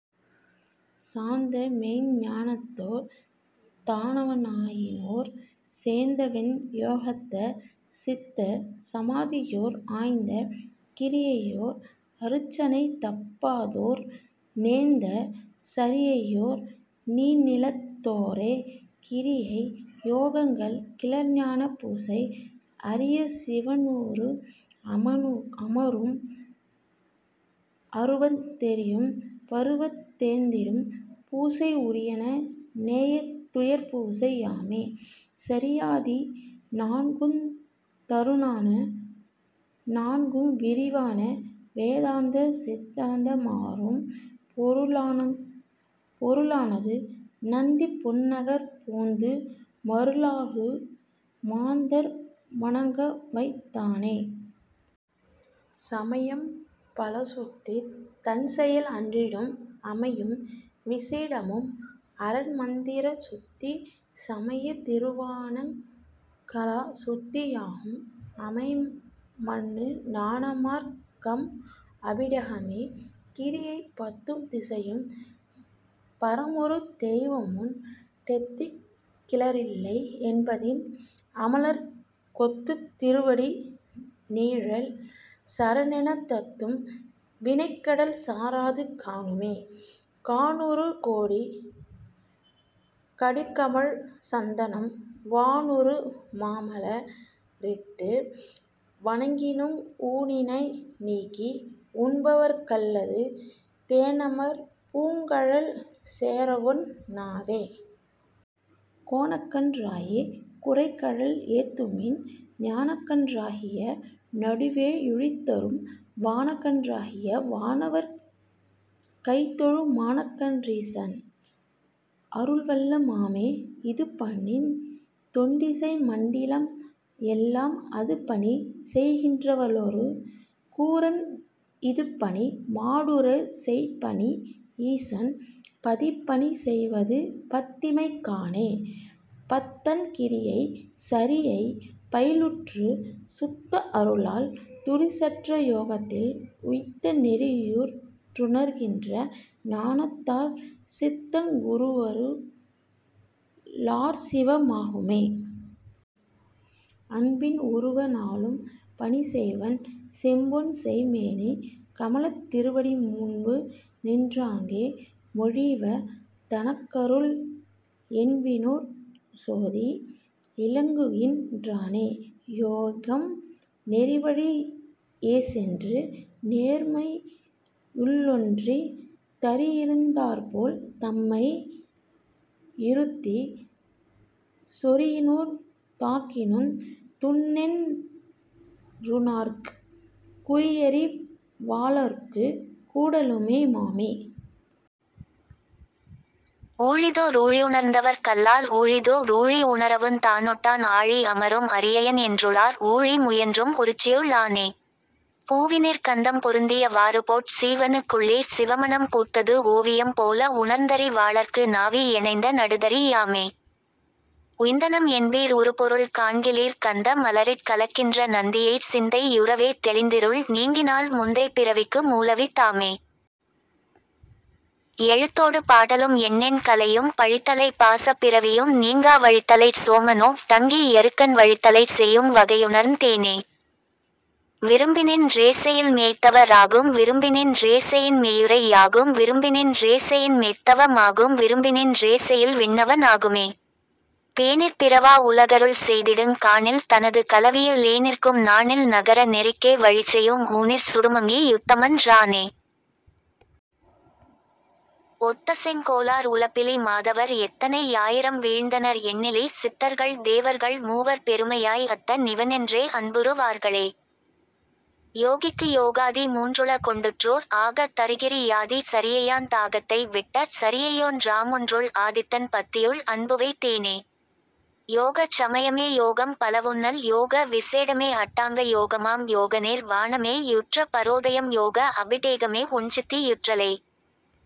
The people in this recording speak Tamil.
சார்ந்தமெய்ஞ் ஞானத்தோர் தானவ னாயினோர் சேர்ந்தவெண் யோகத்தர் சித்தர் சமாதியோர் ஆய்ந்த கிரியையோர் அருச்சனை தப்பாதோர் நேர்ந்த சரியையோர் நீள்நிலத் தோரே. கிரியை யோகங்கள் கிளர்ஞான பூசை அரிய சிவனுரு அமரும் அரூபந் தெரியும் பருவத்துத் தேர்ந்திடும் பூசை உரியன நேயத் துயர்பூசை யாமே. சரியாதி நான்குந் தருஞான நான்கும் விரிவான வேதாந்த சித்தாந்த மாறும் பொருளா னதுநந்தி பொன்னகர் போந்து மருளாகு மாந்தர் வணங்கவைத் தானே. சமையம் பலசுத்தித் தன்செயல் அற்றிடும் அமையும் விசேடமும் அரன்மந் திரசுத்தி சமைய திருவாணங் கலாசுத்தி யாகும் அமைமன்னு ஞானமார்க் கம்அபிடேகமே.. கிரியை பத்துத் திசையும் பரமொரு தெய்வமுண் டெத்திக் கிலரில்லை என்பதின் அமலர்க் கொத்துத் திருவடி நீழல் சரணெனத் தத்தும் வினைக்கடல் சாராது காணுமே. கானுறு கோடி கடிகமழ் சந்தனம் வானுறு மாமல ரிட்டு வணங்கினும் ஊனினை நீக்கி உண்பவர்க் கல்லது தேனமர் பூங்கழல் சேரவொண் ணாதே. கோனக்கன் றாயே குரைகழல் ஏத்துமின் ஞானக்கன் றாகிய நடுவே யுழிதரும் வானக்கன் றாகிய வானவர் கைதொழு மானக்கன் றீசன் அருள்வள்ள மாமே. இதுபணிந் தெண்டிசை மண்டிலம் எல்லாம் அதுபணி செய்கின் றவளொரு கூறன் இதுபணி மானுடர் செய்பணி யீசன் பதிபணி செய்வது பத்திமை காணே. பத்தன் கிரியை சரியை பயில்வுற்றுச் சுத்த அருளால் துரிசற்ற யோகத்தில் உய்த்த நெறியுற் றுணர்கின்ற ஞானத்தாற் சித்தங் குருவரு ளாற்சிவ மாகுமே. அன்பின் உருவ நாளும் பணிசெய்வன் செம்பொன்செய் மேனி கமலத் திருவடி முன்புநின் றாங்கே மொழிவ தெனக்கருள் என்பினுட் சோதி இலங்குகின் றானே.. யோகம் நெறிவழி யேசென்று நேர்மையுள் ஒன்றித் தறியிருந் தாற்போல் தம்மை யிருத்திச் சொறியினுந் தாக்கினுந் துண்ணென் றுணராக் குறியறி வாளர்க்குக் கூடலு மாமே. ஊழிதோ றூழிஉணர்ந்தவர்க் கல்லால் ஊழிதோ றூழி உணரவுந் தானொட்டான் ஆழி அமரும் அரியயன் என்றுளார் ஊழி முயன்றும் ஒருச்சியு ளானே. பூவினிற் கந்தம் பொருந்திய வாறுபோற் சீவனுக் குள்ளே சிவமணம் பூத்தது ஓவியம் போல உணர்ந்தறி வாளர்க்கு நாவி யணைந்த நடுதறி யாமே. உய்ந்தனம் என்பீர் உறுபொருள் காண்கிலீர் கந்த மலரிற் கலக்கின்ற நந்தியைச் சிந்தை யுறவே தெளிந்திருள் நீங்கினால் முந்தைப் பிறவிக்கு மூலவித் தாமே. எழுத்தோடு பாடலும் எண்ணெண் கலையும் பழித்தலைப் பாசப் பிறவியும் நீங்கா வழித்தலைச் சோமனோ டங்கி யருக்கன் வழித்தலைச் செய்யும் வகையுணர்ந் தேனே. விரும்பிநின் றேசெயில் மேய்த்தவ ராகும் விரும்பிநின் றேசெயின் மெய்யுரை யாகும் விரும்பிநின் றேசெயின் மெய்த்தவ மாகும் விரும்பிநின் றேசெயில் விண்ணவ னாகுமே. பேணிற் பிறவா உலகருள் செய்திடுங் காணில் தனது கலவியு ளேநிற்கும் நாணில் நகர நெறிக்கே வழிசெயும் ஊனிற் சுடுமங்கி யுத்தமன் றானே. ஒத்தசெங் கோலார் உலப்பிலி மாதவர் எத்தனை யாயிரம் வீழ்ந்தனர் எண்ணிலி சித்தர்கள் தேவர்கள் மூவர் பெருமையாய் அத்த னிவனென்றே அன்புறு வார்களே. யோகிக்கு யோகாதி மூன்றுள கொண்டுற்றோர் ஆகத் தருகிரி யாதி சரியையாந் தாகத்தை விட்ட சரியையொன் றாம்ஒன்றுள் ஆதித்தன் பத்தியுள் அன்புவைத் தேனே. யோகச் சமயமே யோகம் பலவுன்னல் யோக விசேடமே அட்டாங்க யோகமாம் யோகநிர் வாணமே யுற்ற பரோதயம் யோக அபிடேகமே ஒண்சித்தி யுற்றலே..